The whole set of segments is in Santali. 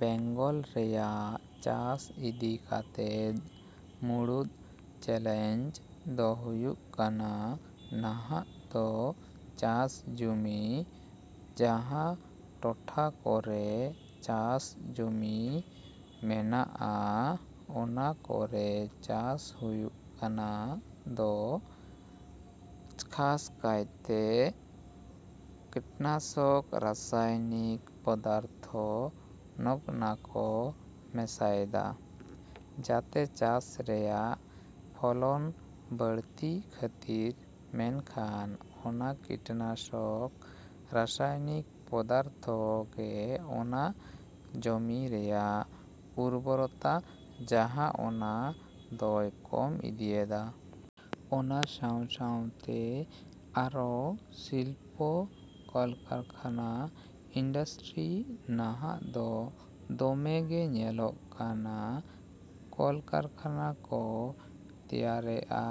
ᱵᱮᱝᱜᱚᱞ ᱨᱮᱭᱟᱜ ᱪᱟᱥ ᱤᱫᱤ ᱠᱟᱛᱮᱫ ᱢᱩᱲᱩᱫ ᱪᱮᱞᱮᱧᱡ ᱫᱚ ᱦᱩᱭᱩᱜ ᱠᱟᱱᱟ ᱱᱟᱦᱟᱜ ᱫᱚ ᱪᱟᱥ ᱡᱚᱢᱤ ᱡᱟᱦᱟᱸ ᱴᱚᱴᱷᱟ ᱠᱚᱨᱮ ᱪᱟᱥ ᱡᱩᱢᱤ ᱢᱮᱱᱟᱜᱼᱟ ᱚᱱᱟ ᱠᱚᱨᱮ ᱪᱟᱥ ᱦᱩᱭᱩᱜ ᱠᱟᱱ ᱫᱚ ᱠᱷᱟᱥ ᱠᱟᱭᱛᱮ ᱠᱤᱴᱱᱟᱥᱚᱠ ᱨᱟᱥᱟᱭᱚᱱᱤᱠ ᱯᱚᱫᱟᱨᱛᱷᱚ ᱱᱚᱜᱱᱟᱠᱚ ᱢᱮᱥᱟᱭᱮᱫᱟ ᱡᱟᱛᱮ ᱪᱟᱥ ᱨᱮᱭᱟᱜ ᱯᱷᱚᱞᱚᱱ ᱵᱟᱹᱲᱛᱤ ᱠᱷᱟᱹᱛᱤᱨ ᱢᱮᱱᱠᱷᱟᱱ ᱚᱱᱟ ᱠᱤᱴᱱᱟᱥᱚᱠ ᱨᱟᱥᱟᱭᱚᱱᱤᱠ ᱯᱚᱫᱟᱨᱛᱷᱚ ᱜᱮ ᱚᱱᱟ ᱡᱚᱢᱤ ᱨᱮᱭᱟᱜ ᱩᱨᱵᱚᱨᱛᱟ ᱡᱟᱦᱟᱸ ᱚᱱᱟ ᱫᱚᱭ ᱠᱚᱢ ᱤᱫᱤᱭᱮᱫᱟ᱾ ᱚᱱᱟ ᱥᱟᱶ ᱥᱟᱶᱛᱮ ᱟᱨᱚ ᱥᱤᱞᱯᱚ ᱠᱚᱞᱠᱟᱨᱠᱷᱟᱱᱟ ᱤᱱᱰᱟᱥᱴᱨᱤ ᱱᱟᱦᱟᱜ ᱫᱚ ᱫᱚᱢᱮ ᱜᱮ ᱧᱮᱞᱚᱜ ᱠᱟᱱᱟ ᱠᱚᱞᱠᱟᱨᱠᱷᱟᱱᱟ ᱠᱚ ᱛᱮᱭᱨᱮᱜᱼᱟ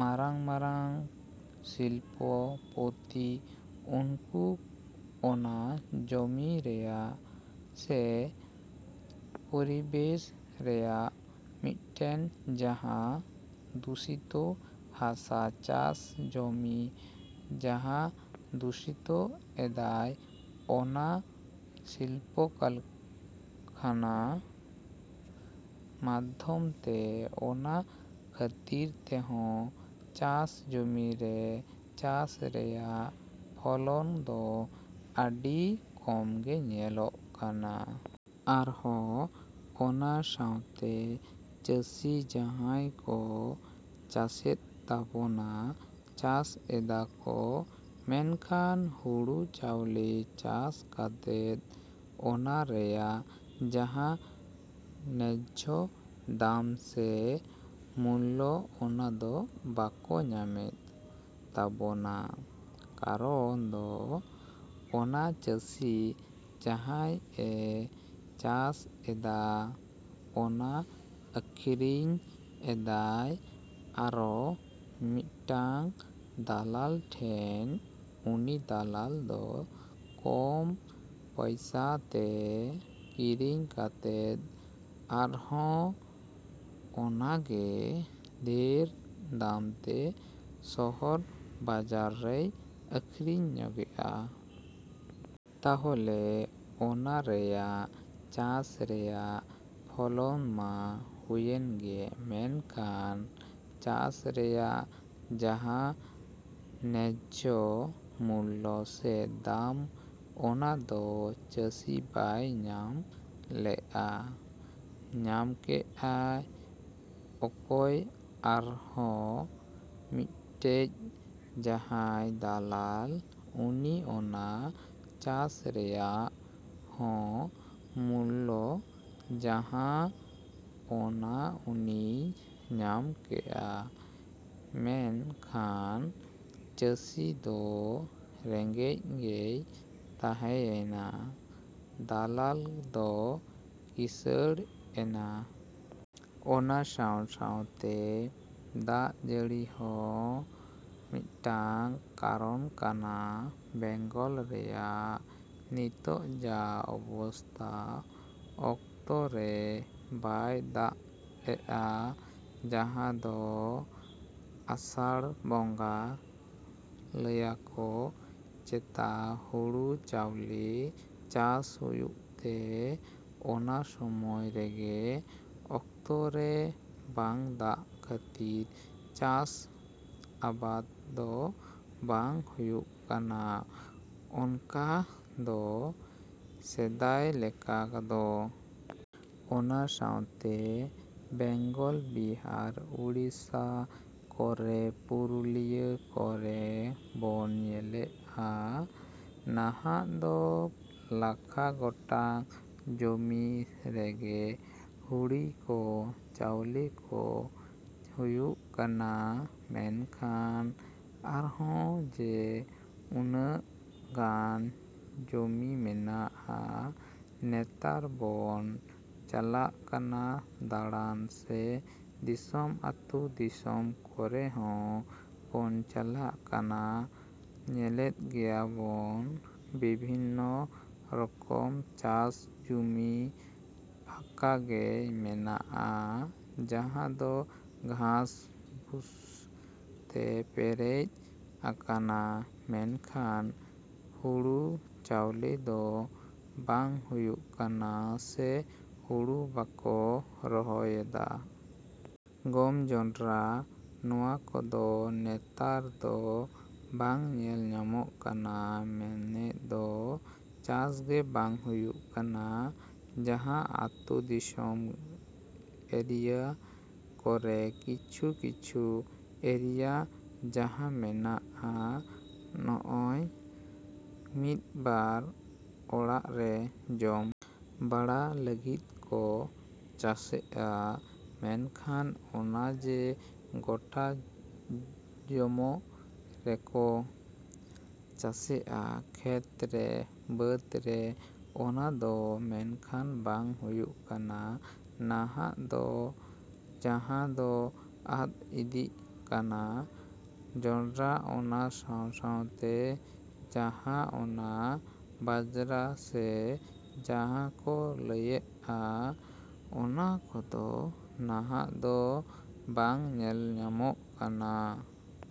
ᱢᱟᱨᱟᱝ ᱢᱟᱨᱟᱝ ᱥᱤᱞᱯᱚ ᱯᱚᱛᱤ ᱩᱱᱠᱩ ᱚᱱᱟ ᱡᱚᱢᱤ ᱨᱮᱭᱟ ᱥᱮ ᱯᱚᱨᱤᱵᱮᱥ ᱨᱮᱭᱟᱜ ᱢᱤᱫᱴᱮᱱ ᱡᱟᱦᱟᱸ ᱫᱩᱥᱤᱛᱳ ᱦᱟᱥᱟ ᱪᱟᱥ ᱡᱚᱢᱤ ᱡᱟᱦᱟᱸ ᱫᱩᱥᱤᱛᱳ ᱮᱫᱟᱭ ᱚᱱᱟ ᱥᱤᱞᱯᱳ ᱠᱚᱞᱠᱟᱨᱠᱷᱟᱱᱟ ᱢᱟᱫᱷᱚᱢ ᱛᱮ ᱚᱱᱟ ᱠᱷᱟᱹᱛᱤᱨ ᱛᱮᱦᱚᱸ ᱪᱟᱥ ᱡᱚᱢᱤ ᱨᱮ ᱪᱟᱥ ᱨᱮᱭᱟᱜ ᱯᱷᱚᱞᱚᱱ ᱫᱚ ᱟᱹᱰᱤ ᱠᱚᱢᱜᱮ ᱧᱮᱞᱚᱜ ᱠᱟᱱᱟ᱾ ᱟᱨᱦᱚᱸ ᱚᱱᱟ ᱥᱟᱶᱛᱮ ᱪᱟᱹᱥᱤ ᱡᱟᱦᱟᱸᱭ ᱠᱚ ᱪᱟᱥᱮᱫ ᱛᱟᱵᱚᱱᱟ ᱪᱟᱥ ᱮᱫᱟ ᱠᱚ ᱢᱮᱱᱠᱷᱟᱱ ᱦᱩᱲᱩ ᱪᱟᱣᱞᱮ ᱪᱟᱥ ᱠᱟᱛᱮᱫ ᱚᱱᱟ ᱨᱮᱭᱟᱜ ᱡᱟᱦᱟᱸ ᱱᱮᱡᱡᱷᱚ ᱫᱟᱢ ᱥᱮ ᱢᱩᱞᱞᱚ ᱚᱱᱟᱫᱚ ᱵᱟᱠᱚ ᱧᱟᱢᱮᱫ ᱛᱟᱵᱚᱱᱟ᱾ ᱠᱟᱨᱚᱱ ᱫᱚ ᱚᱱᱟ ᱪᱟᱹᱥᱤ ᱡᱟᱦᱟᱭ ᱮ ᱪᱟᱥ ᱮᱫᱟ ᱚᱱᱟ ᱟᱹᱠᱷᱟᱨᱤᱧ ᱮᱫᱟᱭ ᱟᱨᱚ ᱢᱤᱫᱴᱟᱝ ᱫᱟᱞᱟᱞ ᱴᱷᱮᱱ ᱩᱱᱤ ᱫᱟᱞᱟᱞ ᱫᱚ ᱠᱚᱢ ᱯᱚᱭᱥᱟ ᱛᱮ ᱠᱤᱨᱤᱧ ᱠᱟᱛᱮᱫ ᱟᱨᱚᱦᱚᱸ ᱚᱱᱟ ᱜᱮ ᱰᱷᱮᱨ ᱫᱟᱢ ᱛᱮ ᱥᱚᱦᱚᱨ ᱵᱟᱡᱟᱨᱮᱭ ᱟᱹᱠᱷᱟᱹᱨᱤᱧᱮᱜᱼᱟ᱾ ᱛᱟᱦᱚᱞᱮ ᱚᱱᱟ ᱨᱮᱭᱟᱜ ᱪᱟᱥ ᱨᱮᱭᱟᱜ ᱯᱷᱚᱞᱚᱱ ᱢᱟ ᱦᱩᱭᱮᱱ ᱜᱮ ᱢᱮᱱᱠᱷᱟᱱ ᱪᱟᱥ ᱨᱮᱭᱟᱜ ᱡᱟᱦᱟᱸ ᱱᱮᱡᱷᱭᱚ ᱢᱩᱞᱞᱚ ᱥᱮ ᱫᱟᱢ ᱚᱱᱟ ᱫᱚ ᱪᱟᱹᱥᱤ ᱵᱟᱭ ᱧᱟᱢ ᱞᱮᱜᱼᱟ᱾ ᱧᱟᱢ ᱠᱮᱜ ᱟᱭ ᱚᱠᱚᱭ ᱟᱨᱚᱦᱚᱸ ᱢᱤᱫᱴᱮᱡ ᱡᱟᱦᱟᱭ ᱫᱟᱞᱟᱞ ᱩᱱᱤ ᱚᱱᱟ ᱪᱟᱥ ᱨᱮᱭᱟᱜ ᱦᱚᱸ ᱢᱩᱞᱞᱚ ᱡᱟᱦᱟᱸ ᱚᱱᱟ ᱩᱱᱤᱭ ᱧᱟᱢ ᱠᱮᱜᱼᱟ ᱢᱮᱱ ᱠᱷᱟᱱ ᱪᱟᱹᱥᱤ ᱫᱚ ᱨᱮᱜᱮᱡ ᱜᱮᱭ ᱛᱟᱦᱮᱸᱭᱮᱱᱟ ᱫᱟᱞᱟᱞ ᱫᱚ ᱠᱤᱥᱟᱹᱲ ᱮᱱᱟ᱾ ᱚᱱᱟ ᱥᱟᱶ ᱥᱟᱶᱛᱮ ᱫᱟᱜ ᱡᱟᱹᱲᱤ ᱦᱚᱸ ᱢᱤᱫᱴᱟᱝ ᱠᱟᱨᱚᱱ ᱠᱟᱱᱟ ᱵᱮᱝᱜᱚᱞ ᱨᱮᱭᱟᱜ ᱱᱤᱛᱚᱜ ᱡᱟ ᱚᱵᱚᱥᱛᱟ ᱚᱠᱛᱚ ᱨᱮ ᱵᱟᱭ ᱫᱟᱜ ᱮᱜᱼᱟ ᱡᱟᱦᱟᱸ ᱫᱚ ᱟᱥᱟᱲ ᱵᱚᱸᱜᱟ ᱞᱟᱹᱭᱟᱠᱚ ᱪᱮᱛᱟ ᱦᱩᱲᱩ ᱪᱟᱣᱞᱮ ᱪᱟᱥ ᱦᱩᱭᱩᱜ ᱛᱮ ᱚᱱᱟ ᱥᱳᱢᱳᱭ ᱨᱮᱜᱮ ᱚᱠᱛᱚ ᱨᱮ ᱵᱟᱝ ᱫᱟᱜ ᱠᱷᱟᱹᱛᱤᱨ ᱪᱟᱥ ᱟᱵᱟᱫ ᱫᱚ ᱵᱟᱝ ᱦᱩᱭᱩᱜ ᱠᱟᱱᱟ ᱚᱱᱠᱟ ᱫᱚ ᱥᱮᱫᱟᱭ ᱞᱮᱠᱟ ᱫᱚ᱾ ᱚᱱᱟ ᱥᱟᱶᱛᱮ ᱵᱮᱝᱜᱚᱞ ᱵᱤᱦᱟᱨ ᱳᱲᱤᱥᱟ ᱠᱚᱨᱮ ᱯᱩᱨᱩᱞᱤᱭᱟ ᱠᱚᱨᱮ ᱵᱚᱱ ᱧᱮᱞᱮᱜᱼᱟ ᱱᱟᱦᱟᱜ ᱫᱚ ᱞᱟᱠᱷᱟ ᱜᱚᱴᱟᱝ ᱡᱚᱢᱤ ᱨᱮᱜᱮ ᱦᱩᱲᱤ ᱠᱚ ᱪᱟᱣᱞᱮ ᱠᱚ ᱦᱩᱭᱩᱜ ᱠᱟᱱᱟ ᱢᱮᱱᱠᱷᱟᱱ ᱟᱨᱦᱚᱸ ᱡᱮ ᱩᱱᱟᱹᱜ ᱜᱟᱱ ᱡᱚᱢᱤ ᱢᱮᱱᱟᱜᱼᱟ ᱱᱮᱛᱟᱨ ᱵᱚᱱ ᱪᱟᱞᱟᱜ ᱠᱟᱱᱟ ᱫᱟᱲᱟᱱ ᱥᱮ ᱫᱤᱥᱚᱢ ᱟᱛᱩ ᱫᱤᱥᱚᱢ ᱠᱚᱨᱮ ᱦᱚᱸ ᱵᱚᱱ ᱪᱟᱞᱟᱜ ᱠᱟᱱᱟ ᱧᱮᱞᱮᱫ ᱜᱮᱭᱟ ᱵᱚᱱ ᱵᱤᱵᱷᱤᱱᱚ ᱨᱚᱠᱚᱢ ᱪᱟᱥ ᱡᱩᱢᱤ ᱯᱷᱟᱠᱟ ᱜᱮ ᱢᱮᱱᱟᱜᱼᱟ ᱡᱟᱦᱟᱸ ᱫᱚ ᱜᱷᱟᱥ ᱵᱩᱥ ᱛᱮ ᱯᱮᱨᱮᱡ ᱟᱠᱟᱱᱟ ᱢᱮᱱᱠᱷᱟᱱ ᱦᱩᱲᱩ ᱪᱟᱣᱞᱮ ᱫᱚ ᱵᱟᱝ ᱦᱩᱭᱩᱜ ᱠᱟᱱᱟ ᱥᱮ ᱦᱩᱲᱩ ᱵᱟᱠᱚ ᱨᱚᱦᱚᱭᱮᱜᱼᱟ᱾ ᱜᱚᱢ ᱡᱚᱸᱰᱨᱟ ᱱᱚᱣᱟ ᱠᱚᱫᱚ ᱱᱮᱛᱟᱨ ᱫᱚ ᱵᱟᱝ ᱧᱮᱞ ᱧᱟᱢᱚᱜ ᱠᱟᱱᱟ ᱢᱮᱱᱮᱫ ᱫᱚ ᱪᱟᱥ ᱜᱮ ᱵᱟᱝ ᱦᱩᱭᱩᱜ ᱠᱟᱱᱟ ᱡᱟᱦᱟᱸ ᱟᱛᱳ ᱫᱤᱥᱚᱢ ᱮᱨᱤᱭᱟ ᱠᱚᱨᱮ ᱠᱤᱪᱷᱩ ᱠᱤᱪᱷᱩ ᱮᱨᱤᱭᱟ ᱡᱟᱦᱟᱸ ᱢᱮᱱᱟᱜᱼᱟ ᱱᱚᱜᱼᱚᱭ ᱢᱤᱫ ᱵᱟᱨ ᱚᱲᱟᱜ ᱨᱮ ᱡᱚᱢ ᱵᱟᱲᱟ ᱞᱟᱹᱜᱤᱫ ᱠᱚ ᱪᱟᱥᱮᱜᱼᱟ ᱢᱮᱱᱠᱷᱟᱱ ᱚᱱᱟ ᱡᱮ ᱜᱚᱴᱟ ᱡᱚᱢᱚ ᱨᱮᱠᱚ ᱪᱟᱥᱮᱜᱼᱟ ᱠᱷᱮᱛ ᱨᱮ ᱵᱟᱹᱫ ᱨᱮ ᱚᱱᱟ ᱫᱚ ᱢᱮᱱᱠᱷᱟᱱ ᱵᱟᱝ ᱦᱩᱭᱩᱜ ᱠᱟᱱᱟ ᱱᱟᱦᱟᱜ ᱫᱚ ᱡᱟᱦᱟᱸ ᱫᱚ ᱟᱫ ᱤᱫᱤᱜ ᱠᱟᱱᱟ ᱡᱚᱸᱰᱨᱟ ᱚᱱᱟ ᱥᱟᱶ ᱥᱟᱶᱛᱮ ᱡᱟᱦᱟᱸ ᱚᱱᱟ ᱵᱟᱡᱽᱨᱟ ᱥᱮ ᱡᱟᱦᱟᱸ ᱠᱚ ᱞᱟᱹᱭᱮᱜᱼᱟ ᱚᱱᱟ ᱠᱚᱫᱚ ᱱᱟᱦᱟᱜ ᱫᱚ ᱵᱟᱝ ᱧᱮᱞ ᱧᱟᱢᱚᱜ ᱠᱟᱱᱟ᱾